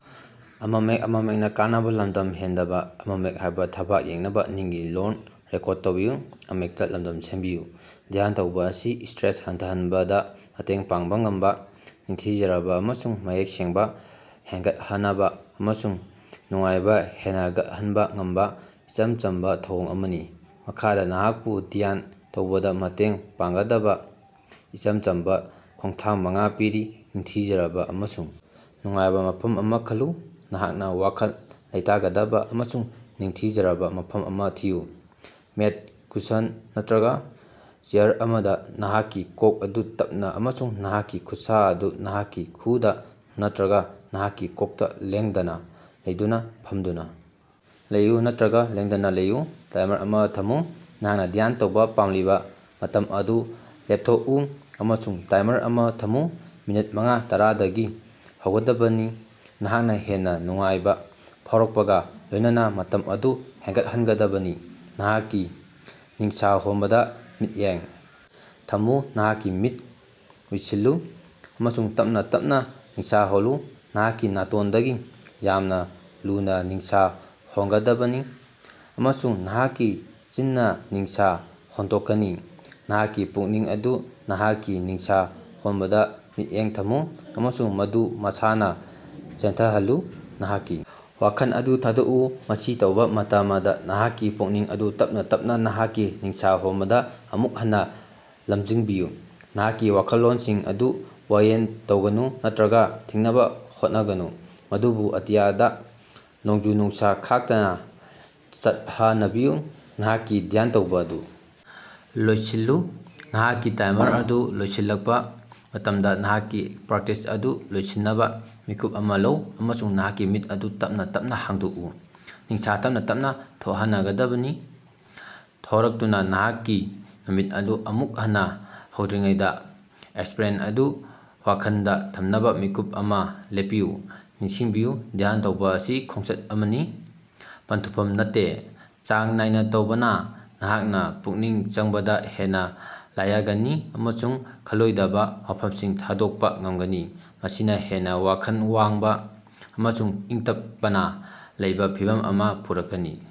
ꯙ꯭ꯌꯥꯟꯇꯧꯕ ꯑꯁꯤ ꯁꯇ꯭ꯔꯦꯁ ꯍꯟꯊꯍꯟꯕꯗꯥ ꯃꯇꯦꯡ ꯄꯥꯡꯕꯥ ꯉꯝꯕꯥ, ꯅꯤꯡꯊꯤꯖꯔꯕꯥ ꯑꯃꯁꯨꯡ ꯃꯌꯦꯛ ꯁꯦꯡꯕꯥ ꯍꯦꯟꯒꯠꯍꯅꯕꯥ ꯑꯃꯁꯨꯡ ꯅꯨꯡꯉꯥꯏꯕꯥ ꯍꯦꯅꯒꯠꯍꯟꯕꯥ ꯉꯝꯕꯥ ꯏꯆꯝ ꯆꯝꯕꯥ ꯊꯧꯑꯣꯡ ꯑꯃꯅꯤ꯫ ꯃꯈꯥꯗꯥ ꯅꯍꯥꯛꯄꯨ ꯙ꯭ꯌꯥꯟ ꯇꯧꯕꯗꯥ ꯃꯇꯦꯡ ꯄꯥꯡꯒꯗꯕꯥ ꯏꯆꯝ ꯆꯝꯕꯥ ꯈꯣꯡꯊꯥꯡ ꯃꯉꯥ ꯄꯤꯔꯤ: ꯅꯤꯡꯊꯤꯖꯔꯕꯥ ꯑꯃꯁꯨꯡ ꯅꯨꯡꯉꯥꯏꯕꯥ ꯃꯐꯝ ꯑꯃꯥ ꯈꯜꯂꯨ: ꯅꯍꯥꯛꯅꯥ ꯋꯥꯈꯜ ꯂꯩꯇꯒꯗꯕꯥ ꯑꯃꯁꯨꯡ ꯅꯤꯡꯊꯤꯖꯔꯕꯥ ꯃꯐꯝ ꯑꯃꯥ ꯊꯤꯌꯨ꯫ ꯃꯦꯠ, ꯀꯨꯁꯟ ꯅꯠꯇ꯭ꯔꯒꯥ ꯆꯦꯌꯥꯔ ꯑꯃꯗꯥ, ꯅꯍꯥꯛꯀꯤ ꯀꯣꯛ ꯑꯗꯨ ꯇꯞꯅꯥ ꯑꯃꯁꯨꯡ ꯅꯍꯥꯛꯀꯤ ꯈꯨꯠꯁꯥ ꯑꯗꯨ ꯅꯍꯥꯛꯀꯤ ꯈꯨꯑꯨꯗꯥ ꯅꯠꯇ꯭ꯔꯒꯥ ꯅꯍꯥꯛꯀꯤ ꯀꯣꯛꯇꯥ ꯂꯦꯡꯗꯅꯥ ꯂꯩꯗꯨꯅꯥ ꯐꯝꯗꯨꯅꯥ ꯂꯩꯌꯨ ꯅꯠꯇ꯭ꯔꯒꯥ ꯂꯦꯡꯗꯅꯥ ꯂꯩꯌꯨ꯫ ꯇꯥꯏꯃꯔ ꯑꯃꯥ ꯊꯝꯃꯨ: ꯅꯍꯥꯛꯅꯥ ꯙ꯭ꯌꯥꯟ ꯇꯧꯕꯥ ꯄꯥꯝꯂꯤꯕꯥ ꯃꯇꯝ ꯑꯗꯨ ꯂꯦꯞꯊꯣꯛꯎ ꯑꯃꯁꯨꯡ ꯇꯥꯏꯃꯔ ꯑꯃꯥ ꯊꯝꯃꯨ꯫ ꯃꯤꯅꯠ ꯃꯉꯥ-ꯇꯔꯗꯒꯤ ꯍꯧꯒꯗꯕꯅꯤ, ꯅꯍꯥꯛꯅꯥ ꯍꯦꯟꯅꯥ ꯅꯨꯡꯉꯥꯏꯕꯥ ꯐꯥꯎꯔꯛꯄꯒꯥ ꯂꯣꯏꯅꯅꯥ ꯃꯇꯝ ꯑꯗꯨ ꯍꯦꯟꯒꯠꯍꯟꯒꯗꯕꯅꯤ꯫ ꯅꯍꯥꯛꯀꯤ ꯅꯤꯡꯁ ꯍꯣꯟꯕꯗꯥ ꯃꯤꯠꯌꯦꯡ ꯊꯝꯃꯨ: ꯅꯍꯥꯛꯀꯤ ꯃꯤꯠ ꯑꯨꯢꯁꯤꯜꯂꯨ ꯑꯃꯁꯨꯡ ꯇꯞꯅꯥ ꯇꯞꯅꯥ ꯅꯤꯡꯁ ꯍꯣꯜꯂꯨ꯫ ꯅꯍꯥꯛꯀꯤ ꯅꯥꯇꯣꯟꯗꯒꯤ ꯌꯥꯝꯅꯥ ꯂꯨꯅꯥ ꯅꯤꯡꯁ ꯍꯣꯟꯒꯗꯕꯅꯤ ꯑꯃꯁꯨꯡ ꯅꯍꯥꯛꯀꯤ ꯆꯤꯟꯅ ꯅꯤꯡꯁ ꯍꯣꯟꯗꯣꯛꯀꯅꯤ꯫ ꯅꯍꯥꯛꯀꯤ ꯄꯨꯛꯅꯤꯡ ꯑꯗꯨ ꯅꯍꯥꯛꯀꯤ ꯅꯤꯡꯁ ꯍꯣꯟꯕꯗꯥ ꯃꯤꯠꯌꯦꯡ ꯊꯝꯃꯨ, ꯑꯃꯁꯨꯡ ꯃꯗꯨ ꯃꯁꯥꯅꯥ ꯆꯦꯟꯊꯍꯜꯂꯨ꯫ ꯅꯍꯥꯛꯀꯤ ꯋꯥꯈꯜ ꯑꯗꯨ ꯊꯥꯗꯣꯛꯑꯨ꯫ ꯃꯁꯤ ꯇꯧꯕ ꯃꯇꯃꯗꯥ, ꯅꯍꯥꯛꯀꯤ ꯄꯨꯛꯅꯤꯡ ꯑꯗꯨ ꯇꯞꯅꯥ ꯇꯞꯅꯥ ꯅꯍꯥꯛꯀꯤ ꯅꯤꯡꯁ ꯍꯣꯟꯕꯗꯥ ꯑꯃꯨꯛ ꯍꯟꯅꯥ ꯂꯝꯖꯤꯡꯕꯤꯌꯨ꯫ ꯅꯍꯥꯛꯀꯤ ꯋꯥꯈꯜꯂꯣꯟꯁꯤꯡ ꯑꯗꯨ ꯋꯥꯌꯦꯜ ꯇꯧꯒꯅꯨ ꯅꯠꯇ꯭ꯔꯒꯥ ꯊꯤꯡꯅꯕꯥ ꯍꯣꯠꯅꯒꯅꯨ, ꯃꯗꯨꯕꯨ ꯑꯇꯤꯌꯥꯗꯥ ꯅꯣꯡꯖꯨ-ꯅꯨꯡꯁꯥ ꯈꯥꯛꯇꯅꯥ ꯆꯠꯍꯅꯕꯤꯌꯨ꯫ ꯅꯍꯥꯛꯀꯤ ꯙ꯭ꯌꯥꯟꯇꯧꯕ ꯑꯗꯨ ꯂꯣꯏꯁꯤꯜꯂꯨ: ꯅꯍꯥꯛꯀꯤ ꯇꯥꯏꯃꯔ ꯑꯗꯨ ꯂꯣꯏꯁꯤꯜꯂꯛꯄꯥ ꯃꯇꯝꯗꯥ, ꯅꯍꯥꯛꯀꯤ ꯄ꯭ꯔꯛꯇꯤꯁ ꯑꯗꯨ ꯂꯣꯏꯁꯤꯟꯅꯕꯥ ꯃꯤꯀꯨꯞ ꯑꯃꯥ ꯂꯧ ꯑꯃꯁꯨꯡ ꯅꯍꯥꯛꯀꯤ ꯃꯤꯠ ꯑꯗꯨ ꯇꯞꯅꯥ ꯇꯞꯅꯥ ꯍꯥꯡꯗꯣꯛꯎ꯫ ꯅꯤꯡꯁ ꯇꯞꯅꯥ ꯇꯞꯅꯥ ꯊꯣꯛꯍꯅꯒꯗꯕꯅꯤ꯫ ꯊꯣꯔꯛꯇꯨꯅꯥ ꯅꯍꯥꯛꯀꯤ ꯅꯨꯃꯤꯠ ꯑꯗꯨ ꯑꯃꯨꯛ ꯍꯟꯅꯥ ꯍꯧꯗ꯭ꯔꯤꯉꯩꯗꯥ ꯑꯦꯛꯁꯄ꯭ꯔ‌ꯦꯟ ꯑꯗꯨ ꯋꯥꯈꯜꯗꯥ ꯊꯝꯅꯕꯥ ꯃꯤꯀꯨꯞ ꯑꯃꯥ ꯂꯦꯞꯄꯤꯌꯨ꯫ ꯅꯤꯡꯁꯤꯡꯕꯤꯌꯨ, ꯙ꯭ꯌꯥꯟꯇꯧꯕ ꯑꯁꯤ ꯈꯣꯡꯆꯠ ꯑꯃꯅꯤ, ꯄꯟꯊꯨꯡꯐꯝ ꯅꯠꯇꯦ꯫ ꯆꯥꯡ ꯅꯥꯏꯅꯥ ꯇꯧꯕꯅꯥ, ꯅꯍꯥꯛꯅꯥ ꯄꯨꯛꯅꯤꯡ ꯆꯪꯕꯗꯥ ꯍꯦꯟꯅꯥ ꯂꯥꯌꯒꯅꯤ ꯑꯃꯁꯨꯡ ꯈꯜꯂꯣꯏꯗꯕ ꯋꯥꯐꯝꯁꯤꯡ ꯊꯥꯗꯣꯛꯄꯥ ꯉꯝꯒꯅꯤ, ꯃꯁꯤꯅꯥ ꯍꯦꯟꯅꯥ ꯋꯥꯈꯜ ꯋꯥꯡꯕꯥ ꯑꯃꯁꯨꯡ ꯏꯤꯡꯇꯞꯄꯅ ꯂꯩꯕ ꯐꯤꯚꯝ ꯑꯃꯥ ꯄꯨꯔꯛꯀꯅꯤ꯫।